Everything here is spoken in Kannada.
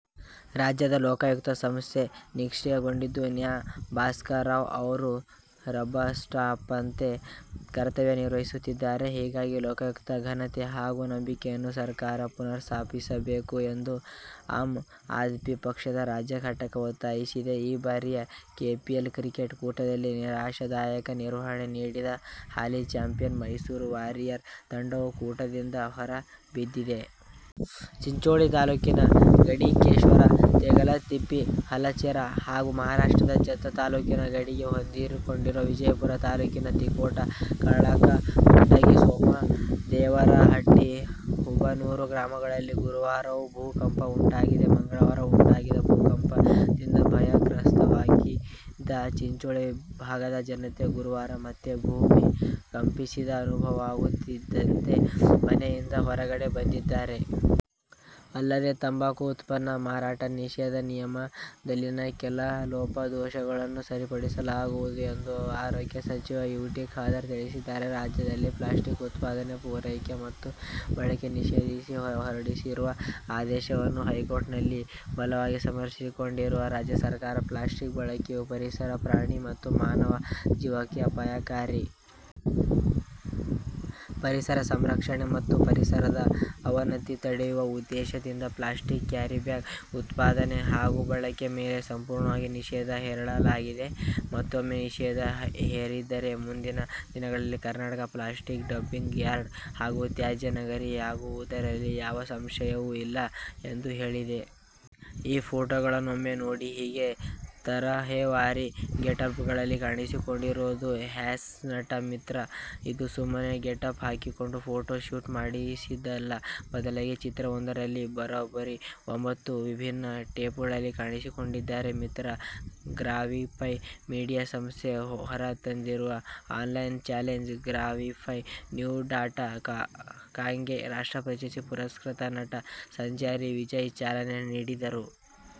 "ರಾಜ್ಯದ ಲೋಕಾಯುಕ್ತ ಸಂಸ್ಥೆ ನಿಷ್ಕ್ರಿಯಗೊಂಡಿದ್ದು, ನ್ಯಾ. ಭಾಸ್ಕರ್ರಾವ್ ಅವರು ರಬ್ಬರ್ಸ್ಟಾಂಪ್ನಂತೆ ಕರ್ತವ್ಯ ನಿರ್ವಹಿಸುತ್ತಿದ್ದಾರೆ. ಹೀಗಾಗಿ ಲೋಕಾಯುಕ್ತ ಘನತೆ ಹಾಗೂ ನಂಬಿಕೆಯನ್ನು ಸರ್ಕಾರ ಪುನರ್ಸ್ಥಾಪಿಸಬೇಕು' ಎಂದು ಆಮ್ ಆದ್ಮಿ ಪಕ್ಷದ ರಾಜ್ಯ ಘಟಕ ಒತ್ತಾಯಿಸಿದೆ. ಈ ಬಾರಿಯ ಕೆಪಿಎಲ್ ಕ್ರಿಕೆಟ್ ಕೂಟದಲ್ಲಿ ನಿರಾಶಾದಾಯಕ ನಿರ್ವಹಣೆ ನೀಡಿದ ಹಾಲಿ ಚಾಂಪಿಯನ್ ಮೈಸೂರು ವಾರಿಯರ್ ತಂಡವು ಕೂಟದಿಂದ ಹೊರಬಿದ್ದಿದೆ. ಚಿಂಚೋಳಿ ತಾಲೂಕಿನ ಗಡಿಕೇಶ್ವಾರ, ತೇಗಲತಿಪ್ಪಿ, ಹಲಚೇರಾ ಹಾಗೂ ಮಹಾರಾಷ್ಟ್ರದ ಜತ್ತ ತಾಲೂಕಿನ ಗಡಿಗೆ ಹೊಂದಿಕೊಂಡಿರುವ ವಿಜಯಪುರ ತಾಲೂಕಿನ ತಿಕೋಟ, ಕಳ್ಳಕವಟಗಿ, ಸೋಮದೇವರಹಟ್ಟಿ, ಹುಬನೂರ ಗ್ರಾಮಗಳಲ್ಲಿ ಗುರುವಾರವೂ ಭೂ ಕಂಪನ ಉಂಟಾಗಿದೆ. ಮಂಗಳವಾರ ಉಂಟಾಗಿದ್ದ ಭೂಕಂಪದಿಂದಭಯಗ್ರಸ್ಥರಾಗಿದ್ದ ಚಿಂಚೋಳಿ ಭಾಗದ ಜನತೆ ಗುರುವಾರ ಮತ್ತೆ ಭೂಮಿ ಕಂಪಿಸಿದ ಅನುಭವವಾಗುತ್ತಿದ್ದಂತೆ ಮನೆಯಿಂದ ಹೊರಗಡೆ ಬಂದಿದ್ದಾರೆ. ಅಲ್ಲದೇ, ತಂಬಾಕು ಉತ್ಪನ್ನ ಮಾರಾಟ ನಿಷೇಧ ನಿಯಮದಲ್ಲಿನ ಕೆಲ ಲೋಪ ದೋಷಗಳನ್ನೂ ಸರಿಪಡಿಸಲಾಗುವುದು ಎಂದು ಆರೋಗ್ಯ ಸಚಿವ ಯು. ಟಿ. ಖಾದರ್ ತಿಳಿಸಿದ್ದಾರೆ. ರಾಜ್ಯದಲ್ಲಿ ಪ್ಲಾಸ್ಟಿಕ್ ಉತ್ಪಾದನೆ, ಪೂರೈಕೆ ಮತ್ತು ಬಳಕೆ ನಿಷೇಧಿಸಿ ಹೊರಡಿಸಿರುವ ಆದೇಶವನ್ನು ಹೈಕೋರ್ಟ್ನಲ್ಲಿ ಬಲವಾಗಿ ಸಮರ್ಥಿಸಿಕೊಂಡಿರುವ ರಾಜ್ಯ ಸರ್ಕಾರ, ಪ್ಲಾಸ್ಟಿಕ್ ಬಳಕೆಯು ಪರಿಸರ, ಪ್ರಾಣಿ ಮತ್ತು ಮಾನವ ಜೀವಕ್ಕೆ ಅಪಾಯಕಾರಿ. ಪರಿಸರ ಸಂರಕ್ಷಣೆ ಮತ್ತು ಪರಿಸರದ ಅವನತಿ ತಡೆಯುವ ಉದ್ದೇಶದಿಂದ ಪ್ಲಾಸ್ಟಿಕ್ ಕ್ಯಾರಿಬ್ಯಾಗ್ ಉತ್ಪಾದನೆ ಹಾಗೂ ಬಳಕೆ ಮೇಲೆ ಸಂಪೂರ್ಣವಾಗಿ ನಿಷೇಧ ಹೇರಲಾಗಿದೆ. ಒಂದೊಮ್ಮೆ ನಿಷೇಧ ಹೇರದಿದ್ದರೆ ಮುಂದಿನ ದಿನಗಳಲ್ಲಿ "ಕರ್ನಾಟಕ ಪ್ಲಾಸ್ಟಿಕ್ ಡಂಪಿಂಗ್ ಯಾರ್ಡ್ ಹಾಗೂ ತ್ಯಾಜ್ಯ ನಗರಿ'ಯಾಗುವುದರಲ್ಲಿ ಯಾವ ಸಂಶಯವೂ ಇಲ್ಲ ಎಂದು ಹೇಳಿದೆ. ಈ ಫೋಟೋಗಳನ್ನೊಮ್ಮೆ ನೋಡಿ. ಹೀಗೆ ತರಹೇವಾರಿ ಗೆಟಪ್ಗ್ಳಲ್ಲಿ ಕಾಣಿಸಿಕೊಂಡಿರೋದು ಹಾಸ್ಯನಟ ಮಿತ್ರ. ಇದು ಸುಮ್ಮನೆ ಗೆಟಪ್ ಹಾಕಿಕೊಂಡು ಫೋಟೋ ಶೂಟ್ ಮಾಡಿಸಿದ್ದಲ್ಲ. ಬದಲಾಗಿ, ಚಿತ್ರವೊಂದರಲ್ಲಿ ಬರೋಬ್ಬರಿ ಒಂಭತ್ತು ವಿಭಿನ್ನ ಗೆಟಪ್ಗ್ಳಲ್ಲಿ ಕಾಣಿಸಿಕೊಂಡಿದ್ದಾರೆ ಮಿತ್ರ. ಗ್ರಾವಿಫೈ ಮೀಡಿಯಾ ಸಂಸ್ಥೆ ಹೊರತಂದಿರುವ online channel Gravify news dot ಕಾಂಗೆ ರಾಷ್ಟ್ರಪ್ರಶಸ್ತಿ ಪುರಸ್ಕೃತ ನಟ ಸಂಚಾರಿ ವಿಜಯ್ ಚಾಲನೆ ನೀಡಿದರು.